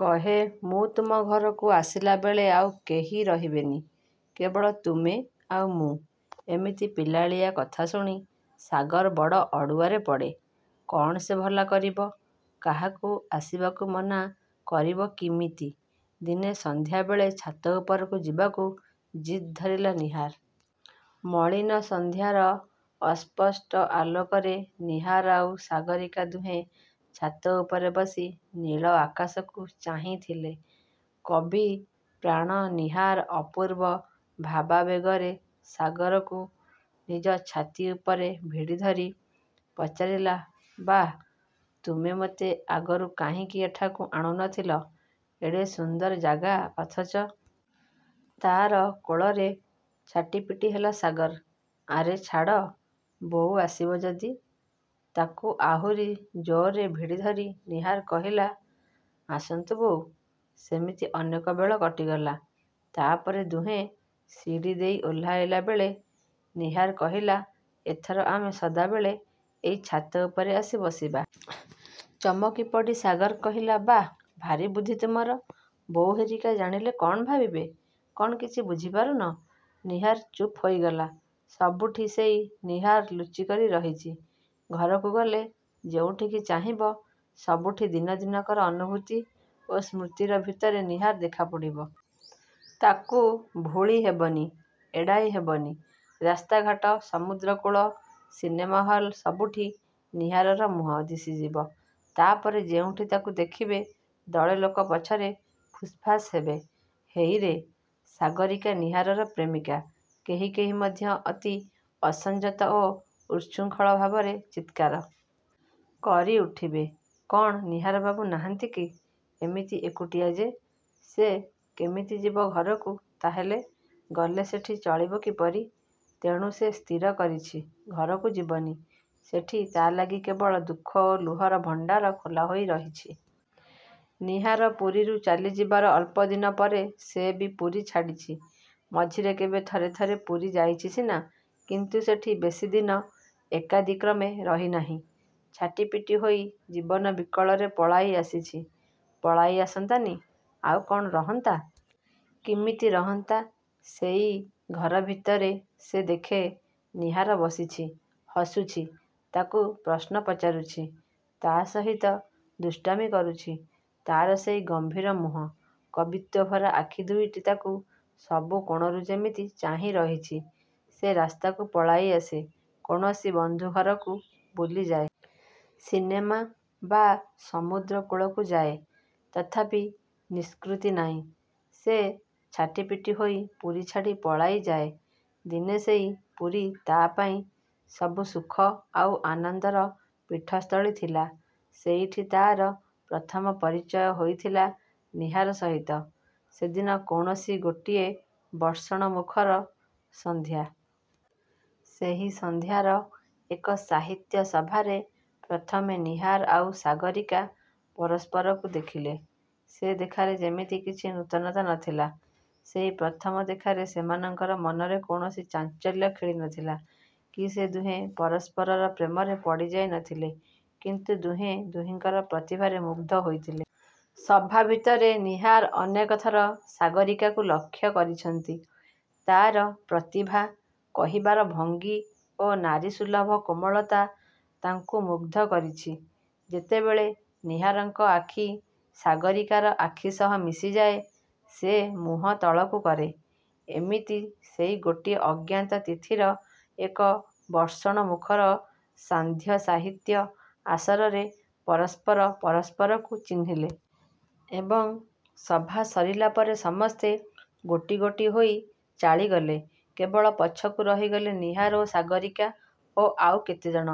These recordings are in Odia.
କହେ ''ମୁଁ ତୁମ ଘରକୁ ଆସିଲା ବେଳେ ଆଉ କେହି ରହିବେନି। କେବଳ ତୁମେ ଆଉ ମୁଁ। '' ଏମିତି ପିଲାଳିଆ କଥା ଶୁଣି ସାଗର ବଡ଼ ଅଡ଼ୁଆରେ ପଡ଼େ। କ'ଣ ସେ ଭଲା କରିବ-। କାହାକୁ ଆସିବାକୁ ମନା କରିବ କିମିତି? ଦିନେ ସନ୍ଧ୍ୟା ବେଳେ ଛାତ ଉପରକୁ ଯିବାକୁ ଜିଦ୍ଧରିଲା ନୀହାର। ମଳିନ ସନ୍ଧ୍ୟାର ଅସ୍ପଷ୍ଟ ଆଲୋକରେ ନୀହାର ଆଉ ସାଗରୀକା ଦୁହେଁ ଛାତ ଉପରେ ବସି ନୀଳ ଆକାଶକୁ ଚାହିଁଥିଲେ। କବିପ୍ରାଣ ନୀହାର ଅପୂର୍ବ ଭାବାବେଗରେ ସାଗରକୁ ନିଜ ଛାତି ଉପରେ ଭିଡ଼ିଧରି ପଚାରିଲା-''ବାଃ ତୁମେ ମୋତେ ଆଗରୁ କାହିଁକି ଏଠାକୁ ଆଣୁ ନଥିଲ। ଏଡ଼େ ସୁନ୍ଦର ଜାଗା ଅଥଚ। '' ତା'ର କୋଳରେ ଛାଟିପିଟି ହେଲା ସାଗର। ''ଆରେ ଛାଡ଼। ବୋଉ ଆସିବ ଯଦି। '' ତାକୁ ଆହୁରି ଜୋରରେ ଭିଡ଼ିଧରି ନୀହାର କହିଲା-''ଆସନ୍ତୁ ବୋଉ-। '' ସେମିତି ଅନେକ ବେଳ କଟିଗଲା। ତା'ପରେ ଦୁହେଁ ସିଡ଼ି ଦେଇ ଓହ୍ଲାଇଲା ବେଳେ ନୀହାର କହିଲା-''ଏଥର ଆମେ ସଦାବେଳେ ଏଇ ଛାତ ଉପରେ ଆସି ବସିବା। '' ଚମକି ପଡ଼ି ସାଗର କହିଲା-''ବାଃ, ଭାରୀ ବୁଦ୍ଧି ତୁମର। ବୋଉ ହେରିକା ଜାଣିଲେ କ'ଣ ଭାବିବେ; କ'ଣ କିଛି ବୁଝିପାରୁନ। '' ନୀହାର ଚୁପ୍ ହୋଇଗଲା। ସବୁଠି ସେଇ ନୀହାର ଲୁଚି କରି ରହିଛି। ଘରକୁ ଗଲେ ଯେଉଁଠିକି ଚାହିଁବ ସବୁଠି ଦିନ ଦିନକର ଅନୁଭୂତି ଓ ସ୍ମୃତିର ଭିତରେ, ନୀହାର ଦେଖା ପଡ଼ିବ। ତାକୁ ଭୁଳି ହେବନି, ଏଡ଼ାଇ ହେବନି। ରାସ୍ତାଘାଟ, ସମୁଦ୍ରକୂଳ, ସିନେମା ହଲ, ସବୁଠି ନୀହାରର ମୁହଁ ଦିଶିଯିବ। ତା'ପରେ ଯେଉଁଠି ତାକୁ ଦେଖିବେ; ଦଳେ ଲୋକ ପଛରେ ଫୁସ୍ଫାସ୍ ହେବେ-''ହେଇରେ ସାଗରୀକା-ନୀହାରର ପ୍ରେମିକା। '' କେହି କେହି ମଧ୍ୟ ଅତି ଅସଂଯତ ଓ ଉଚ୍ଛୃଙ୍ଖଳ ଭାବରେ ଚିତ୍କାର। କରି ଉଠିବେ ''କ'ଣ ନୀହାର ବାବୁ ନାହାନ୍ତି କି? ଏମିତି ଏକୁଟିଆ ଯେ। '' ସେ କେମିତି ଯିବ ଘରକୁ ତା'ହେଲେ? ଗଲେ ସେଠି ଚଳିବ କିପରି? ତେଣୁ ସେ ସ୍ଥିର କରିଛି ଘରକୁ ଯିବନି। ସେଠି ତା' ଲାଗି କେବଳ ଦୁଃଖ ଓ ଲୁହର ଭଣ୍ଡାର ଖୋଲା ହୋଇ ରହିଛି। ନୀହାର ପୁରୀରୁ ଚାଲି ଯିବାର ଅଳ୍ପ ଦିନ ପରେ ସେ ବି ପୁରୀ ଛାଡ଼ିଛି। ମଝିରେ କେବେ ଥରେ ଥରେ ପୁରୀ ଯାଇଛି ସିନା; କିନ୍ତୁ ସେଠି ବେଶୀ ଦିନ ଏକାଦିକ୍ରମେ ରହିନାହିଁ। ଛାଟିପିଟି ହୋଇ ଜୀବନ ବିକଳରେ ପଳାଇ ଆସିଛି। ପଳାଇ ଆସନ୍ତାନି-ଆଉ କ'ଣ ରହନ୍ତା? କିମିତି ରହନ୍ତା? ସେଇ ଘର ଭିତରେ ସେ ଦେଖେ; ନୀହାର ବସିଛି-ହସୁଛି-ତାକୁ ପ୍ରଶ୍ନ ପଚାରୁଛି। ତା' ସହିତ ଦୁଷ୍ଟାମି କରୁଛି। ତା'ର ସେଇ ଗମ୍ଭୀର ମୁହଁ, କବିତ୍ୱଭରା ଆଖି ଦୁଇଟି ତାକୁ ସବୁ କୋଣରୁ ଯେମିତି ଚାହିଁ ରହିଛି। ସେ ରାସ୍ତାକୁ ପଳାଇ ଆସେ-କୌଣସି ବନ୍ଧୁଘରକୁ ବୁଲିଯାଏ-। ସିନେମା ବା ସମୁଦ୍ର କୂଳକୁ ଯାଏ। ତଥାପି ନିଷ୍କୃତି ନାଇଁ। ସେ ଛାଟିପିଟି ହୋଇ ପୁରୀ ଛାଡ଼ି ପଳାଇ ଯାଏ। ଦିନେ ସେଇ ପୁରୀ ତା'ପାଇଁ ସବୁ ସୁଖ ଆଉ ଆନନ୍ଦର ପୀଠସ୍ଥଳୀ ଥିଲା। ସେଇଠି ତା'ର ପ୍ରଥମ ପରିଚୟ ହୋଇଥିଲା ନୀହାର ସହିତ। ସେଦିନ କୌଣସି ଗୋଟିଏ ବର୍ଷଣମୁଖର ସନ୍ଧ୍ୟା। ସେହି ସନ୍ଧ୍ୟାର ଏକ ସାହିତ୍ୟ-ସଭାରେ ପ୍ରଥମେ ନୀହାର ଆଉ ସାଗରୀକା ପରସ୍ପରକୁ ଦେଖିଲେ। ସେ ଦେଖାରେ ସେମିତି କିଛି ନୂତନତା ନଥିଲା। ସେଇ ପ୍ରଥମ ଦେଖାରେ ସେମାନଙ୍କର ମନରେ କୌଣସି ଚାଞ୍ଚଲ୍ୟ ଖେଳି ନଥିଲା, କି ସେ ଦୁହେଁ ପରସ୍ପରର ପ୍ରେମରେ ପଡ଼ିଯାଇ ନଥିଲେ। କିନ୍ତୁ ଦୁହେଁ ଦୁହିଁଙ୍କର ପ୍ରତିଭାରେ ମୁଗ୍ଧ ହୋଇଥିଲେ। ସଭା ଭିତରେ ନୀହାର ଅନେକଥର ସାଗରୀକାକୁ ଲକ୍ଷ୍ୟ କରିଛନ୍ତି। ତା'ର ପ୍ରତିଭା, କହିବାର ଭଙ୍ଗୀ ଓ ନାରୀ ସୁଲଭ କୋମଳତା ତାଙ୍କୁ ମୁଗ୍ଧ କରିଛି। ଯେତେବେଳେ ନୀହାରଙ୍କ ଆଖି ସାଗରୀକାର ଆଖିସହ ମିଶିଯାଏ, ସେ ମୁହଁ ତଳକୁ କରେ। ଏମିତି ସେଇ ଗୋଟିଏ ଅଜ୍ଞାତ-ତିଥିର ଏକ ବର୍ଷଣମୁଖର ସାନ୍ଧ୍ୟ-ସାହିତ୍ୟ-ଆସରରେ ପରସ୍ପର ପରସ୍ପରକୁ ଚିହ୍ନିଲେ। ଏବଂ ସଭା ସରିଲା ପରେ ସମସ୍ତେ ଗୋଟି ଗୋଟି ହୋଇ ଚାଳିଗଲେ। କେବଳ ପଛକୁ ରହିଗଲେ ନୀହାର ଓ ସାଗରୀକା; ଓ ଆଉ କେତେଜଣ।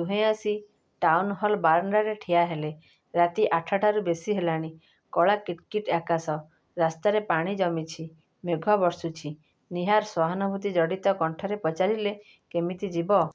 ଦୁହେଁ ଆସି ଟାଉନ୍ହଲ୍ ବାରଣ୍ଡାରେ ଠିଆ ହେଲେ। ରାତି ଆଠଟାରୁ ବେଶୀ ହେଲାଣି। କଳା କିଟ୍କିଟ୍ ଆକାଶ। ରାସ୍ତାରେ ପାଣି ଜମିଛି। ମେଘ ବର୍ଷୁଛି। ନୀହାର ସହାନୁଭୂତି ଜଡ଼ିତ କଣ୍ଠରେ ପଚାରିଲେ-''କେମିତି ଯିବ''।